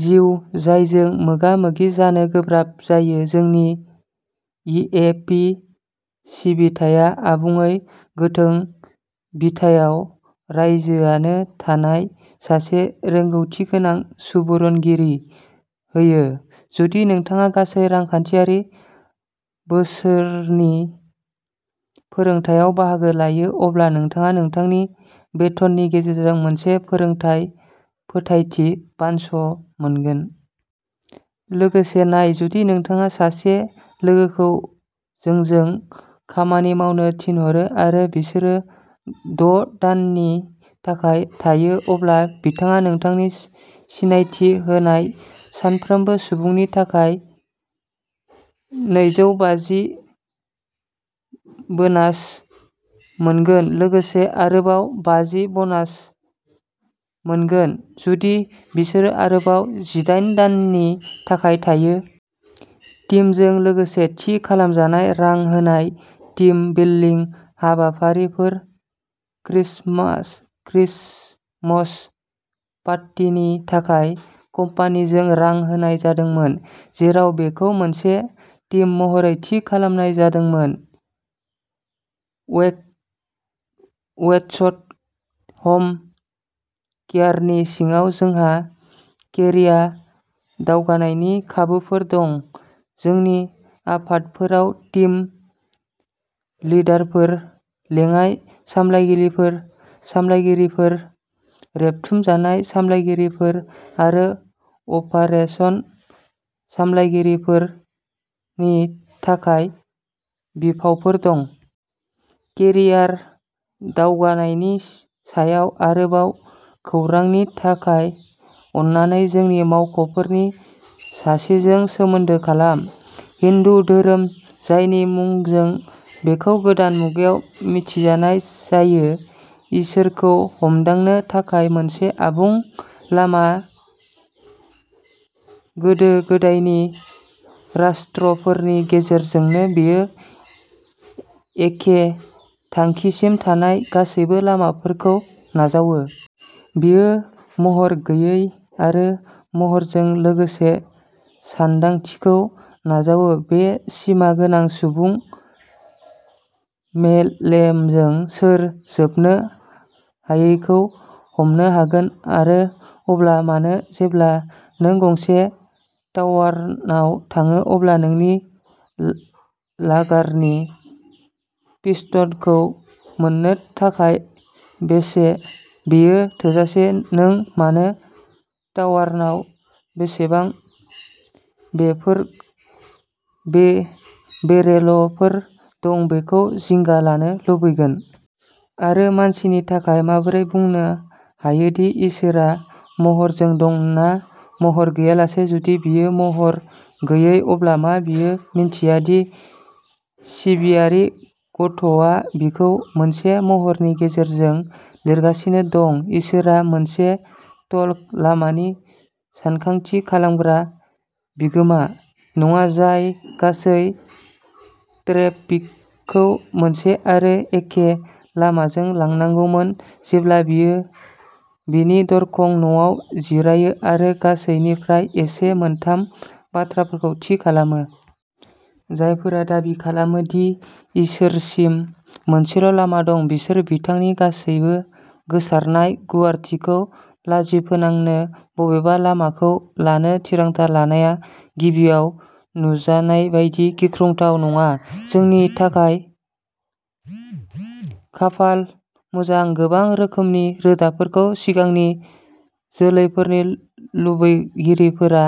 जिउ जायजों मोगा-मोगि जानो गोब्राब जायो। जोंनि इ. ए. पि. सिबिथाया आबुङै गोथों बिथायाव रायज्लायनो थाखाय सासे रोंग'थिगोनां सुबुरुनगिरि होयो। जुदि नोंथाङा गासै रांखान्थियारि बोसोरनि फोरोंथायाव बाहागो लायो, अब्ला नोंथाङा नोंथांनि बेथननि गेजेराव मोनसे फोरोंथाय फोथायथि बनास मोनगोन। लोगोखौ नाय। जुदि नोंथाङा सासे लोगोखौ जोंजों खामानि मावनो थिनहरो आरो बिसोर द' दाननि थाखाय थायो, अब्ला नोंथाङा नोंथांनि सिनायथि होनाय साफ्रोमबो सुबुंनि थाखाय नैजौ बाजि बोनास मोनगोन, लोगोसे आरोबाव बाजि बनास मोनगोन जुदि बिसोरो आरोबाव जिदाइन दाननि थाखाय थायो। टीमजों लोगोसे थि खालामजानाय रां होनाय टीम-बिल्डिं हाबाफारिफोर। क्रिसमस पार्टिनि थाखाय कम्पानिजों रां होनाय जादोंमोन, जेराव बेखौ मोनसे टीम महरै थि खालामनाय जादोंमोन। वेस्टकन्ट्री हम केयारनि सिङाव जोंहा केरियार दावगानायनि खाबुफोर दं। जोंनि आफादफोराव टीम लिडारफोर, लेङाइ सामलायगिरिफोर, सामलायगिरिफोर, रेबथुमजानाय सामलायगिरिफोर आरो अपारेशन्स सामलायगिरिफोरनि थाखाय बिफावफोर दं। केरियार दावगानायनि सायाव आरोबाव खौरांनि थाखाय अन्नानै जोंनि मावख'फोरनि सासेजों सोमोन्दो खालाम। हिन्दु धोरोम, जायनि मुंजों बेखौ गोदान मुगायाव मिथिनाय जायो, इसोरखौ हमदांनो थाखाय मोनसे आबुं लामा। गोदो गोदायनि शास्त्रफोरनि गेजेरजोंनो, बेयो एखे थांखिसिम थांनाय गासैबो लामाफोरखौ नाजावो। बेयो महर गैयै आरो महरजों लोगोसे सानदांथिखौ नाजावो। बे सिमा गोनां सुबुं मेलेमजों सोर जोबनो हायैखौ हमनो हागोन? आरो अब्ला मानो? जेब्ला नों गंसे टावारनाव थाङो, अब्ला नोंनि लागारनि पिन्टखौ मोननो थाखाय बेयो थोजासे; नों मानो टावारनाव बेसेबां बेरेलफोर दं बेखौ जिंगा लानो लुबैगोन। आरो मानसिनि थाखाय माबोरै बुंनो हायोदि इसोरआ महरजों दं ना महर गैयालासे। जुदि बियो महर गैयै, अब्ला मा बियो मिन्थिया दि सिबियारि गथ'आ बिखौ मोनसे महरनि गेजेरजों लिंगासिनो दं? इसोरआ मोनसे ट'ल लामानि सानथांखि खालामग्रा बिगोमा नङा, जाय गासै ट्रेफिकखौ मोनसे आरो एखे लामाजों लांनांगौमोन, जेब्ला बियो बिनि दरखं न'आव जिरायो आरो गासैनिफ्राय एखे मोनथाम बाथ्राफोरखौ थि खालामो। जायफोरा दाबि खालामो दि इसोरसिम मोनसेल'लामा दं, बिसोर बिथांनि गासैबो गोसारनाय गुवारथिखौ लाजिफोनांनो। बबे लामाखौ लानो थिरांथा लानाया गिबियाव नुजानायबादि गिख्रंथाव नङा। जोंनि थाखाय खाफाल मोजां, गोबां रोखोमनि रोदाफोरखौ सिगांनि जोलैफोरनि लुबैगिरिफोरा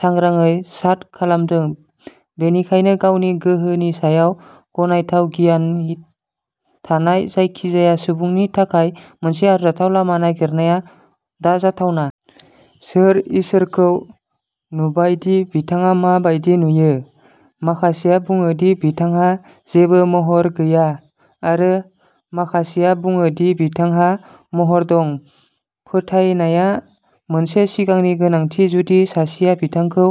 सांग्राङै चार्ट खालामदों, बेनिखायनो गावनि गोहोनि सायाव गनायथाव गियान थानाय जायखिजाया सुबुंनि थाखाय मोनसे आरजाथाव लामा नागिरनाया दा जाथावना। सोर इसोरखौ नुबाय दि बिथाङा मा बायदि नुयो? माखासेया बुङो दि बिथांहा जेबो महर गैया आरो माखासेया बुङो दि बिथांहा महर दं। फोथायनाया मोनसे सिगांनि गोनांथि, जुदि सासेया बिथांखौ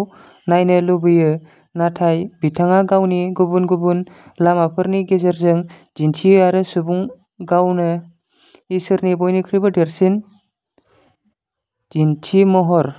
नायनो लुबैयो। नाथाय बिथाङा गावखौ गुबुन-गुबुन लामाफोरनि गेजेरजों दिन्थियो आरो सुबुं गावनो इसोरनि बयनिख्रुइबो देरसिन दिन्थिमहर।